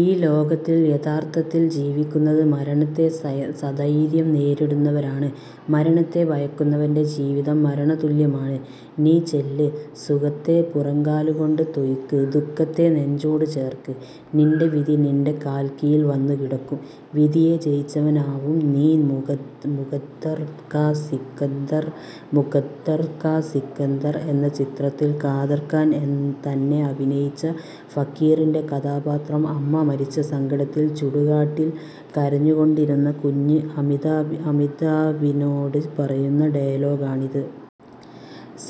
ഈ ലോകത്തില്‍ യഥാര്‍ത്ഥത്തിൽ ജീവിക്കുന്നത് മരണത്തെ സധൈര്യം നേരിടുന്നവരാണ്. മരണത്തെ ഭയക്കുന്നവന്റെ ജീവിതം മരണതുല്യമാണ്. നീ ചെല്ല് സുഖത്തെ പുറംകാലുകൊണ്ട് തൊഴിക്ക്. ദു:ഖത്തെ നെഞ്ചോട് ചേര്‍ക്ക് നിന്‍റെ വിധി നിന്‍റെ കാൽ കീഴിൽ വന്നുകിടക്കും വിധിയെ ജയിച്ചവനാവും നീ മുകദ്ദർ കാ സിക്കന്ദർ ' മുകദ്ദർ കാ സികന്ദർ എന്ന ചിത്രത്തില്‍ കാദർ ഖാൻ തന്നെ അഭിനയിച്ച ഫക്കീറിന്റെ കഥാപാത്രം അമ്മ മരിച്ച സങ്കടത്തില്‍ ചുടുകാട്ടിൽ കരഞ്ഞുകൊണ്ടിരുന്ന കുഞ്ഞ് അമൃതാ അമിതാഭിനോട് പറയുന്ന ഡയലോഗാണിത്.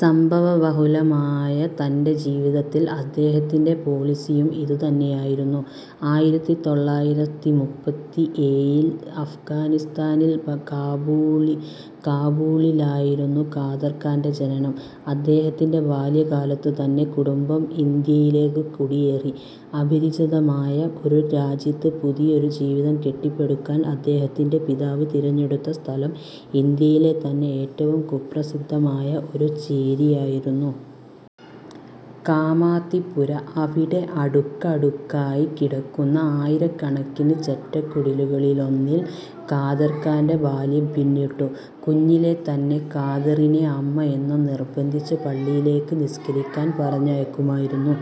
സംഭവ ബഹുലമായ തന്‍റെ ജീവിതത്തില്‍ അദ്ദേഹത്തിന്‍റെ പോളിസിയും ഇതുതന്നെയായിരുന്നു. ആയിരത്തിത്തൊള്ളായിരത്തിമൂപ്പത്തിഏഴിൽ അഫ്ഗാനിസ്ഥാനില്‍ കാബൂളിലായിരുന്നു കാദർ ഖാന്‍റെ ജനനം. അദ്ദേഹത്തിന്‍റെ ബാല്യകാലത്തുതന്നെ കുടുംബം ഇന്ത്യയിലേക്ക് കുടിയേറി. അപരിചിതമായ ഒരു രാജ്യത്ത് പുതിയൊരു ജീവിതം കെട്ടിപ്പടുക്കാന്‍ അദ്ദേഹത്തിന്‍റെ പിതാവ് തിരഞ്ഞെടുത്ത സ്ഥലം, ഇന്ത്യയിലെ തന്നെ ഏറ്റവും കുപ്രസിദ്ധമായ ഒരു ചേരിയായിരുന്നു. കാമാത്തിപുര. അവിടെ അടുക്കടുക്കായി കിടക്കുന്ന ആയിരക്കണക്കിന് ചെറ്റക്കുടിലുകളിലൊന്നിൽ കാദര്ഖാന്റെ ബാല്യം പിന്നിട്ടു. കുഞ്ഞിലേ തന്നെ, കാദറിനെ അമ്മ എന്നും നിർബന്ധിച്ച് പള്ളിയിലേക്ക് നിസ്കരിക്കാൻ പറഞ്ഞയക്കുമായിരുന്നു.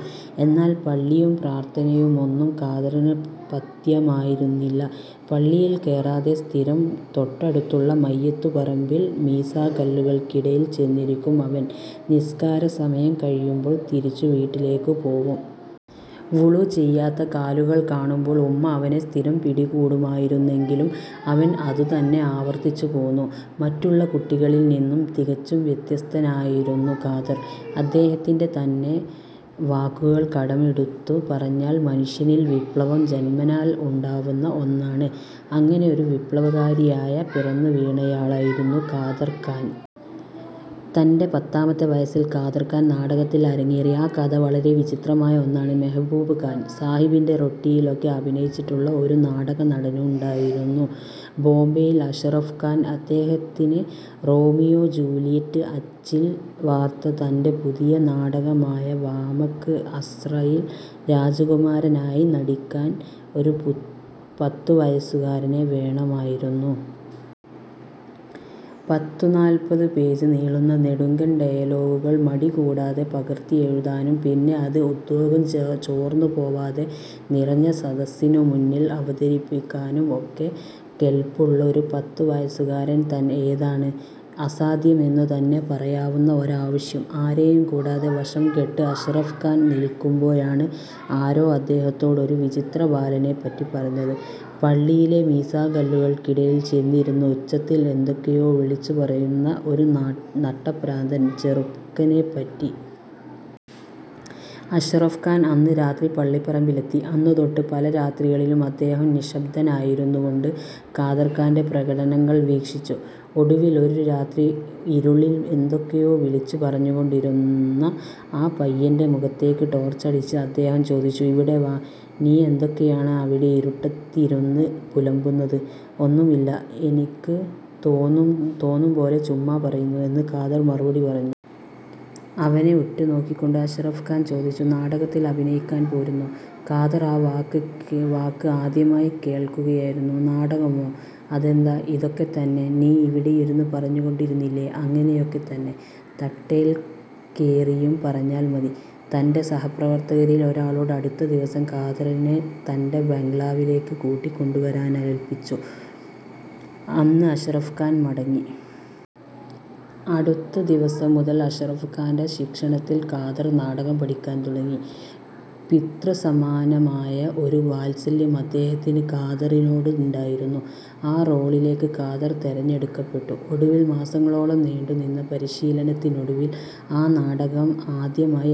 എന്നാൽ പള്ളിയും പ്രാർത്ഥനയുമൊന്നും കാദറിന് പഥ്യമായിരുന്നില്ല. പള്ളിയിൽ കേറാതെ സ്ഥിരം തൊട്ടടുത്തുള്ള മയ്യത്തുപറമ്പിൽ മീസാങ്കല്ലുകൾക്കിടയിൽ ചെന്നിരിക്കും അവൻ. നിസ്കാര സമയം കഴിയുമ്പോൾ തിരിച്ചു വീട്ടിലേക്കു പോവും. വുളു ചെയ്യാത്ത കാലുകൾ കാണുമ്പൊൾ ഉമ്മ അവനെ സ്ഥിരം പിടികൂടുമായിരുന്നെങ്കിലും അവൻ അതുതന്നെ ആവർത്തിച്ചുപോന്നു. മറ്റുള്ള കുട്ടികളിൽ നിന്നും തികച്ചും വ്യത്യസ്തനായിരുന്നു കാദർ. അദ്ദേഹത്തിന്‍റെ തന്നെ വാക്കുകൾ കടമെടുത്തു പറഞ്ഞാൽ, ' മനുഷ്യനിൽ വിപ്ലവം ജന്മനാൽ ഉണ്ടാവുന്ന ഒന്നാണ്. അങ്ങനെ ഒരു വിപ്ലവകാരിയായ പിറന്നുവീണയാളായിരുന്നു കാദർ ഖാൻ. തന്‍റെ പത്താമത്തെ വയസ്സിൽ കാദർ ഖാൻ നാടകത്തിൽ അരങ്ങേറി. ആ കഥ വളരെ വിചിത്രമായ ഒന്നാണ് '. മെഹ്ബൂബ് ഖാൻ സാഹിബിന്‍റെ ' റോട്ടി'യിലൊക്കെ അഭിനയിച്ചിട്ടുള്ള ഒരു നാടകനടനുണ്ടായിരുന്നു ബോംബെയിൽ, അഷ്റഫ് ഖാൻ. അദ്ദേഹത്തിന് റോമിയോ ജൂലിയറ്റ് അച്ചിൽ വാർത്ത തന്‍റെ പുതിയ നാടകമായ ' വാമക് അസ്ര'യിൽ രാജകുമാരനായി നടിക്കാൻ ഒരു പത്തുവയസുകാരനെ വേണമായിരുന്നു. പത്തുനാല്പതു പേജ് നീളുന്ന നെടുങ്കൻ ഡയലോഗുകൾ മടി കൂടാതെ പകർത്തിയെഴുതാനും, പിന്നെ അത് ഉദ്വേഗം ചോർന്നുപോവാതെ നിറഞ്ഞ സദസ്സിനുമുന്നിൽ അവതരിപ്പിക്കാനും ഒക്കെ കെല്പുള്ള ഒരു പത്തുവയസ്സുകാരൻ. ഏതാണ് അസാധ്യമെന്നുതന്നെ പറയാവുന്ന ഒരാവശ്യം. ആരെയും കുടാതെ വശംകെട്ട് അഷ്റഫ് ഖാൻ നിൽക്കുമ്പോഴാണ് ആരോ അദ്ദേഹത്തോട് ഒരു വിചിത്ര ബാലനെപ്പറ്റി പറഞ്ഞത്, പള്ളിയിലെ മീസാങ്കല്ലുകൾക്കിടയിൽ ചെന്നിരുന്ന് ഉച്ചത്തിൽ എന്തൊക്കെയോ വിളിച്ചു പറയുന്ന ഒരു നട്ടപ്രാന്തൻ ചെറുക്കനെപ്പറ്റി. അഷ്റഫ് ഖാൻ അന്ന് രാത്രി പള്ളിപ്പറമ്പിലെത്തി. അന്നുതൊട്ട് പല രാത്രികളിലും അദ്ദേഹം നിശ്ശബ്ദനായിരുന്നുകൊണ്ട് കാദര്ഖാന്റെ പ്രകടനങ്ങള് വീക്ഷിച്ചു. ഒടുവില്‍ ഒരു രാത്രി ഇരുളില്‍ എന്തൊക്കെയോ വിളിച്ചുപറഞ്ഞുകൊണ്ടിരുന്ന ആ പയ്യന്‍റെ മുഖത്തേക്ക് ടോര്‍ച്ചടിച്ച് അദ്ദേഹം ചോദിച്ചു, ' ഇവിടെ വാ നീയെന്തൊക്കെയാണ് അവിടെ ഇരുട്ടത്തിരുന്ന് പുലമ്പുന്നത്? ' ഒന്നുമില്ല എനിക്ക് തോന്നുംപോലെ ചുമ്മാ പറയുന്നു ' എന്ന് കാദർ മറുപടി പറഞ്ഞു. അവനെ ഉറ്റുനോക്കിക്കൊണ്ട് അഷ്റഫ് ഖാൻ ചോദിച്ചു, ' നാടകത്തില്‍ അഭിനയിക്കാന്‍ പോരുന്നോ? ' കാദർ ആ വാക്ക് ആദ്യമായി കേള്‍ക്കുകയായിരുന്നു. ' നാടകമോ? അതെന്താ? '' ഇതൊക്കെത്തന്നെ നീ ഇവിടെയിരുന്ന് പറഞ്ഞുകൊണ്ടിരുന്നില്ലേ, അങ്ങനെയൊക്കെത്തന്നെ തട്ടേൽക്കേറിയും പറഞ്ഞാല്‍ മതി. ' തന്‍റെ സഹപ്രവര്‍ത്തകരില്‍ ഒരാളോട് അടുത്ത ദിവസം കാദറിനെ തന്‍റെ ബംഗ്ലാവിലേക്ക് കൂട്ടിക്കൊണ്ടുവരാനേല്പ്പിച്ച് അന്ന് അഷ്റഫ് ഖാൻ മടങ്ങി. അടുത്ത ദിവസം മുതല്‍ അഷ്റഫ് ഖാന്‍റെ ശിക്ഷണത്തില്‍ കാദർ നാടകം പഠിക്കാന്‍ തുടങ്ങി. പിതൃസമാനമായ ഒരു വാത്സല്യം അദ്ദേഹത്തിന് കാദറിനോടുണ്ടായിരുന്നു. ആ റോളിലേക്ക് കാദർ തെരഞ്ഞെടുക്കപ്പെട്ടു. ഒടുവില്‍ മാസങ്ങളോളം നീണ്ടുനിന്ന പരിശീലനത്തിനൊടുവിൽ ആ നാടകം ആദ്യമായി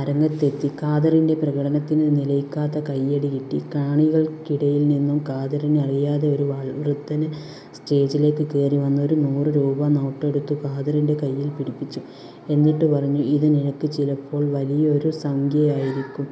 അരങ്ങത്തെത്തി. കാദറിന്റെ പ്രകടനത്തിന് നിലയ്ക്കാത്ത കയ്യടി കിട്ടി. കാണികള്‍ക്കിടയില്‍ നിന്നും കാദറിനറിയാത്ത ഒരു വൃദ്ധന് സ്റ്റേജിലേക്ക് കേറി വന്ന് ഒരു നൂറു രൂപാ നോട്ടെടുത്ത് കാദറിന്റെ കയ്യില്‍ പിടിപ്പിച്ചു. എന്നിട്ടുപറഞ്ഞു, ' ഇത് നിനക്ക് ചിലപ്പോള്‍ വലിയൊരു സംഖ്യയായിരിക്കും.